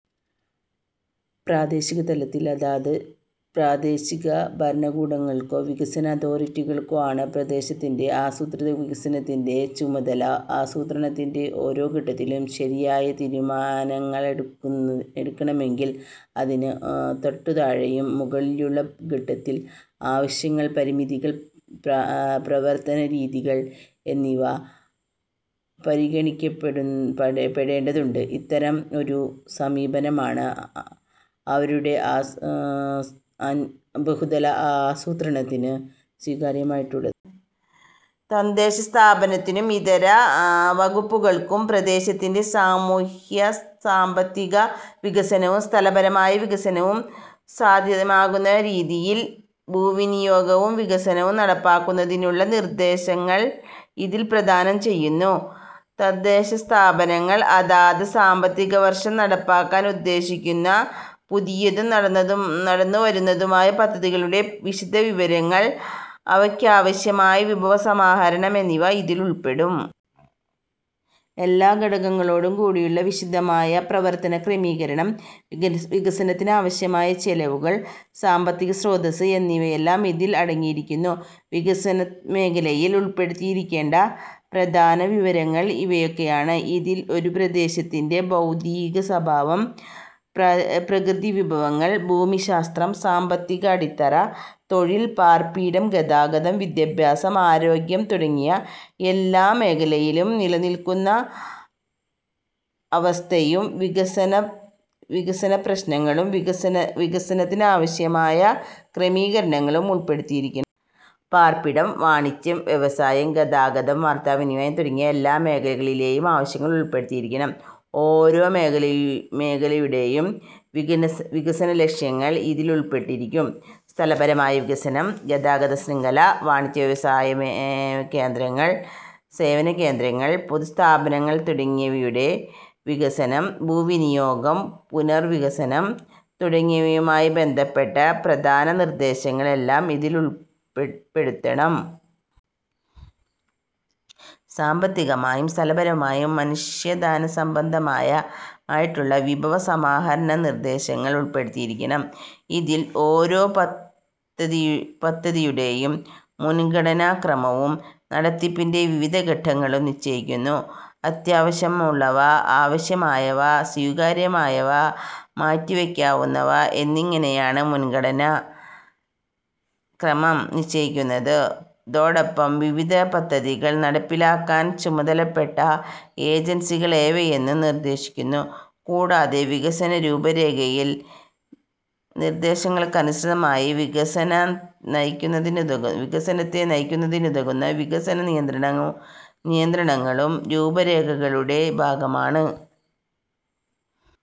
പ്രാദേശിക തലത്തിൽ അതത് പ്രാദേശിക ഭരണകൂടങ്ങൾക്കോ വികസന അതോറിറ്റികൾക്കോ ആണ് പ്രദേശത്തിന്റെ ആസൂത്രിത വികസനത്തിന്റെ ചുമതല. ആസൂത്രണത്തിന്റെ ഓരോ ഘട്ടത്തിലും ശരിയായ തീരുമാനങ്ങളെടുക്കണമെങ്കിൽ അതിന് തൊട്ടുതാഴെയും മുകളിലുമുള്ള ഘട്ടത്തിലെ ആവശ്യങ്ങൾ, പരിമിതികൾ, പ്രവർത്തന രീതികൾ എന്നിവ പരിഗണിക്കേണ്ടതുണ്ട്. ഇത്തരം ഒരു സമീപനമാണ് ബഹുതല ആസൂത്രണത്തിൽ സ്വീകരിച്ചിട്ടുള്ളത്. തദ്ദേശസ്ഥാപനത്തിനും ഇതര വകുപ്പുകൾക്കും പ്രദേശത്തിന്റെ സാമൂഹ്യ-സാമ്പത്തിക വികസനവും സ്ഥലപരമായ വികസനവും സാധ്യമാക്കുന്ന രീതിയിൽ ഭൂവിനിയോഗവും വികസനവും നടപ്പാക്കുന്നതിനുള്ള നിർദ്ദേശങ്ങൾ ഇതിൽ പ്രദാനം ചെയ്യുന്നു. തദ്ദേശസ്ഥാപനങ്ങൾ അതത് സാമ്പത്തിക വർഷം നടപ്പാക്കാൻ ഉദ്ദേശിക്കുന്ന പുതിയതും നടന്നുവരുന്നതുമായ പദ്ധതികളുടെ വിശദവിവരങ്ങൾ, അവയ്ക്കാവശ്യമായ വിഭവ സമാഹരണം എന്നിവ ഇതിൽ ഉൾപ്പെടും. എല്ലാ ഘടകസംവിധാനങ്ങളോടും കൂടിയുള്ള വിശദമായ പ്രവർത്തന ക്രമീകരണം, വികസനത്തിനാവശ്യമായ ചെലവുകൾ, സാമ്പത്തിക സ്രോതസ്സ്, എന്നിവയെല്ലാം ഇതിൽ അടങ്ങിയിരിക്കുന്നു. വികസന രേഖയിൽ ഉൾപ്പെടുത്തിയിരിക്കേണ്ട പ്രധാന വിവരങ്ങൾ ഇവയാണ്. ഇതിൽ ഒരു പ്രദേശത്തിന്റെ ഭൌതികസ്വഭാവം, പ്രകൃതിവിഭവങ്ങൾ, ഭൂമിശാസ്ത്രം, സാമ്പത്തിക അടിത്തറ, തൊഴിൽ, പാർപ്പിടം, ഗതാഗതം, വിദ്യാഭ്യാസം, ആരോഗ്യം തുടങ്ങി എല്ലാ മേഖലയിലും നിലനില്ക്കുന്ന അവസ്ഥയും വികസനപ്രശ്നങ്ങളും വികസനത്തിനാവശ്യമായ ക്രമീകരണങ്ങളും ഉൾപ്പെടുത്തിയിരിക്കണം. പാർപ്പിടം, വാണിജ്യം, വ്യവസായം, ഗതാഗതം, വാർത്താവിനിമയം തുടങ്ങി എല്ലാ മേഖലകളിലെയും ആവശ്യങ്ങൾ ഉൾപ്പെടുത്തിയിരിക്കണം. ഓരോ മേഖലയുടെയും വികസനലക്ഷ്യങ്ങൾ ഇതിൽ ഉൾപ്പെട്ടിരിക്കും. സ്ഥലപരമായ വികസനം, ഗതാഗത ശൃംഖല, വാണിജ്യ വ്യവസായ കേന്ദ്രങ്ങൾ, സേവനകേന്ദ്രങ്ങൾ, പൊതു സ്ഥാപനങ്ങൾ തുടങ്ങിയവയുടെ വികസനം; ഭൂവിനിയോഗം; പുനർവികസനം തുടങ്ങിയവയുമായി ബന്ധപ്പെട്ട പ്രധാന നിർദ്ദേശങ്ങൾ എല്ലാം ഇതിൽ ഉൾപ്പെടുത്തണം. സാമ്പത്തിമായും സ്ഥലപരമായും മനുഷ്യാധ്വാനസംബന്ധമായും ഉള്ള വിഭവ സമാഹരണനിർദ്ദേശങ്ങൾ ഉൾപ്പെടുത്തിയിരിക്കണം. ഇതിൽ ഓരോ പദ്ധതിയുടെയും മുൻഗണനാക്രമവും നടത്തിപ്പിന്റെ വിവിധ ഘട്ടങ്ങളും നിശ്ചയിക്കുന്നു. അത്യാവശ്യമുള്ളവ, ആവശ്യമായവ, സ്വീകാര്യമായവ, മാറ്റിവയ്ക്കാവുന്നവ എന്നിങ്ങനെയാണ് മുൻഗണനാ ക്രമം നിശ്ചയിക്കുന്നത്. ഇതൊടൊപ്പം വിവിധ പദ്ധതികൾ നടപ്പിലാക്കാൻ ചുമതലപ്പെട്ട ഏജൻസികൾ ഏവയെന്നും നിർദ്ദേശിക്കുന്നു. കൂടാതെ വികസനരൂപരേഖയിലെ നിർദ്ദേശങ്ങൾക്കനുസൃതമായി വികസനത്തെ നയിക്കുന്നതിനുതകുന്ന വികസന നിയന്ത്രണങ്ങളും രൂപരേഖകളുടെ ഭാഗമാണ്.